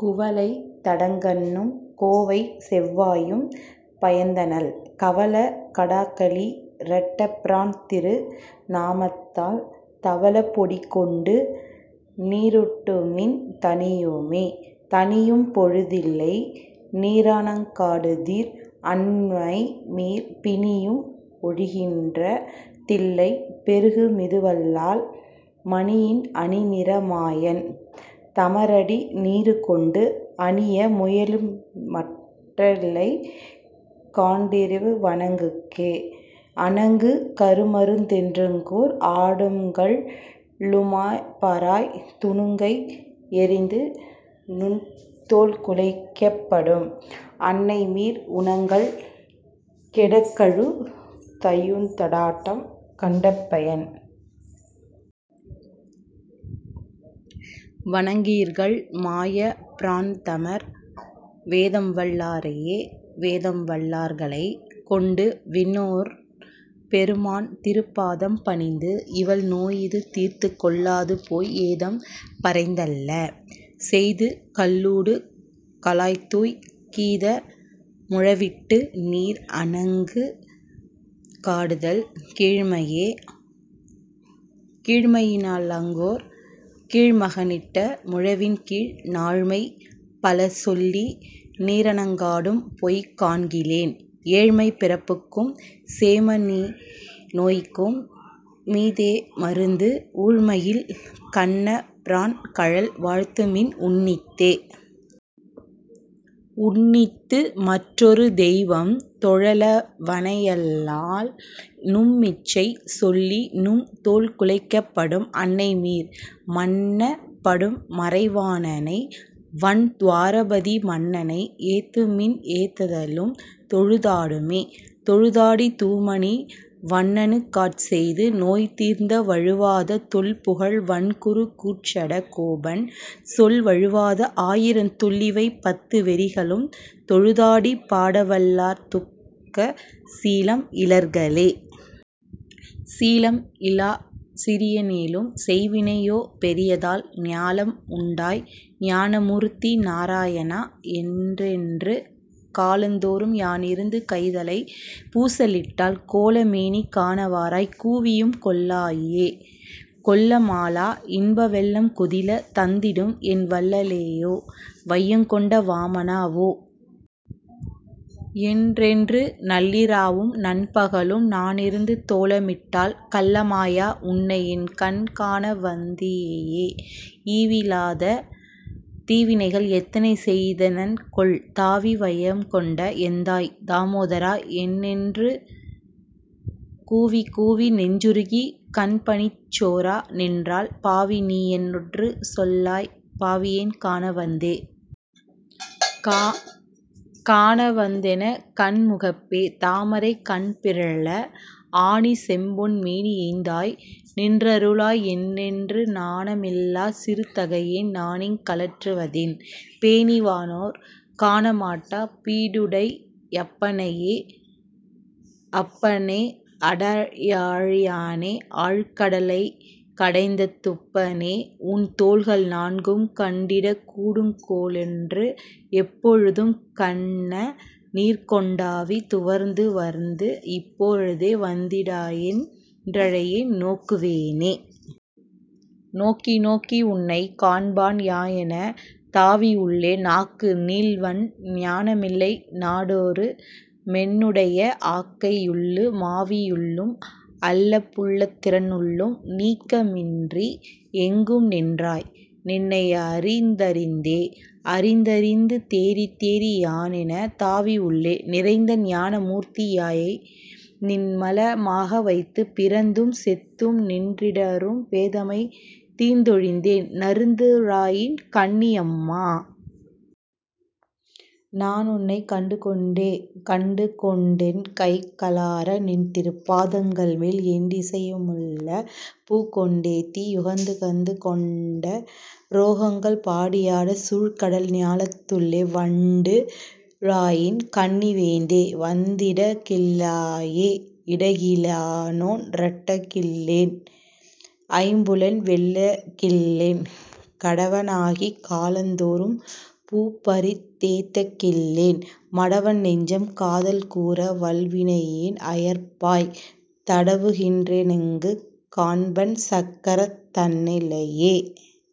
குவளைத் தடங்கண்ணும் கோவைச்செவ்வாயும் பயந்தனள், கவளக் கடாக்களி றட்டபிரான்திரு நாமத்தால், தவளப் பொடிக்கொண்டு நீரிட்டிடுமின் தணியுமே.. தணியும் பொழுதில்லை நீரணங்காடுதிர் அன்னைமீர், பிணியும் ஒழிகின்ற தில்லை பெருகு மிதுவல்லால், மணியின் அணிநிற மாயன் தமரடி நீறுகொண்டு, அணிய முயலின்மற் றில்லைகண்டீரிவ் வணங்குக்கே.. அணங்குக் கருமருந் தென்றங்கோர் ஆடும்கள் ளும்பராய் துணங்கை யெறிந்துநுந் தோள்குலைக்கப்படும் அன்னைமீர், உணங்கல் கெடக்கழு தையுதடாட்டம்கண் டென்பயன்? வணங்கீர்கள் மாயப் பிரான்தமர் வேதம்வல் லாரையே.. வேதம்வல் லார்களைக் கொண்டுவிண்ணோர்பெரு மான்திருப் பாதம் பணிந்து, இவள் நோயிது தீர்த்துக்கொள் ளாதுபோய் ஏதம் பறைந்தல்ல செய்துகள்ளூடு கலாய்த்தூய், கீத முழவிட்டு நீர் அணங் காடுதல் கீழ்மையே.. கீழ்மையினா லங்கோர் கீழ்மகனிட்ட முழவின்கீழ், நாழ்மை பலசொல்லி நீரணங்காடும்பொய் காண்கிலேன், ஏழ்மைப் பிறப்புக்கும் சேமமிந் நோய்க்குமீ தேமருந்து, ஊழ்மையில் கண்ணபி ரான்கழல் வாழ்த்துமின் உன்னித்தே.. உன்னித்து மற்றொரு தெய்வம்தொழளவ னையல்லால், நும்மிச்சை சொல்லிநும் தோள்குலைக்கப்படும் அன்னைமீர், மன்னப் படும்மறை வாணனை வண்துவ ராபதி மன்னனை, ஏத்துமின் ஏத்துதலும்தொழு தாடுமே. தொழுதாடி தூமணி வண்ணனுக்காட்செய்து நோய்தீர்ந்த வழுவாத தொல்புகழ் வண்குருகூர்ச்சட கோபன், சொல் வழுவாத ஆயிரத் துள்ளிவை பத்து வெறிகளும், தொழுதாடிப் பாடவல் லார்துக்க சீலம் இலர்களே. சீலம் இல்லாச் சிறிய னேலும் செய்வினை யோபெரிதால், ஞாலம் உண்டாய் ஞானமூர்த்தி நாராய ணா. என்றென்று, காலந் தோறும் யானிருந்து கைதலை பூசலிட்டால் கோல மேனி காண வாராய் கூவியும் கொள்ளாயே.. கொள்ள மாளா இன்ப வெள்ளம் கொதில தந்திடும், என் வள்ள லேயோ. வையங் கொண்ட வாமனா வோ. என்றென்று, நள்ளி ராவும் நண்பகலும் நானிருந் தோலமிட்டால், கள்ள மாயா. உன்னை யென்கண் காணவந் தீயாயே.. ஈவி லாத தீவினைகள் எத்தனை செய்த னன்கொல்? தாவி வையம் கொண்ட எந்தாய். தாமோதரா. என்றென்று கூவிக் கூவி நெஞ்சுருகிக் கண்பனி சோர நின்றால், பாவி நீயென் றொன்று சொல்லாய் பாவியேன் காணவந்தே.. காண வந்தென கண்முகப்பே தாமரைக் கண்பிறழ, ஆணி செம்பொன் மேனியெந்தாய். நின்றருளாய் என்றென்று, நாண மில்லாச் சிறுதகையேன் நானிங் கலற்றுவதென், பேணி வானோர் காணமாட்டாப் பீடுடை யப்பனையே?. அப்ப னே. அட லாழியானே, ஆழ்கட லைக்கடைந்த துப்ப னே, உன் தோள்கள் நான்கும் கண்டிடக்கூடுங் கொலென்று, எப்பொ ழுதும் கண்ண நீர்கொண் டாவி துவர்ந்துவர்ந்து, இப்போ ழுதே வந்தி டாயென் றேழையேன் நோக்குவனே.. நோக்கி நோக்கி உன்னைக் காண்பான் யானென தாவியுள்ளே, நாக்கு நீள்வன் ஞான மில்லை நாடோ று மென்னுடைய, ஆக்கை யுள்ளூ மாவி யுள்ளும் அல்லபு றத்தினுள்ளும், நீக்க மின்றி யெங்கும் நின்றாய். நின்னை யறிந்தறிந்தே.. அறிந்த றிந்து தேறித் தேறி யானென தாவியுள்ளே, நிறைந்த ஞான மூர்த்தி யாயை நின்மல மாகவைத்து, பிறந்தும் செத்தும் நின்றிடறும் பேதைமை தீர்ந்தொ ழிந்தேன் நறுந்து ழாயின் கண்ணி யம்மா. நானுன்னைக் கண்டுகொண்டே.. கண்டு கொண்டென் கைக ளார நின்திருப் பாதங்கள்மேல், எண்டி சையு முள்ள பூக்கொண் டேத்தி யுகந்துகந்து, தொண்ட ரோகங்கள் பாடி யாடச் சூழ்கடல் ஞாலத்துள்ளே, வண்டு ழாயின் கண்ணி வேந்தே. வந்திட கில்லாயே.. இடகி லேனோன் றட்ட கில்லேன் ஐம்புலன் வெல்லகில்லேன், கடவ னாகிக் காலந் தோறும் பூப்பறித் தேத்தகில்லேன், மடவன் நெஞ்சம் காதல் கூர வல்வினை யேன்அயர்ப்பாய், தடவு கின்றே னெங்குக் காண்பன் சக்கரத் தண்ணலையே?.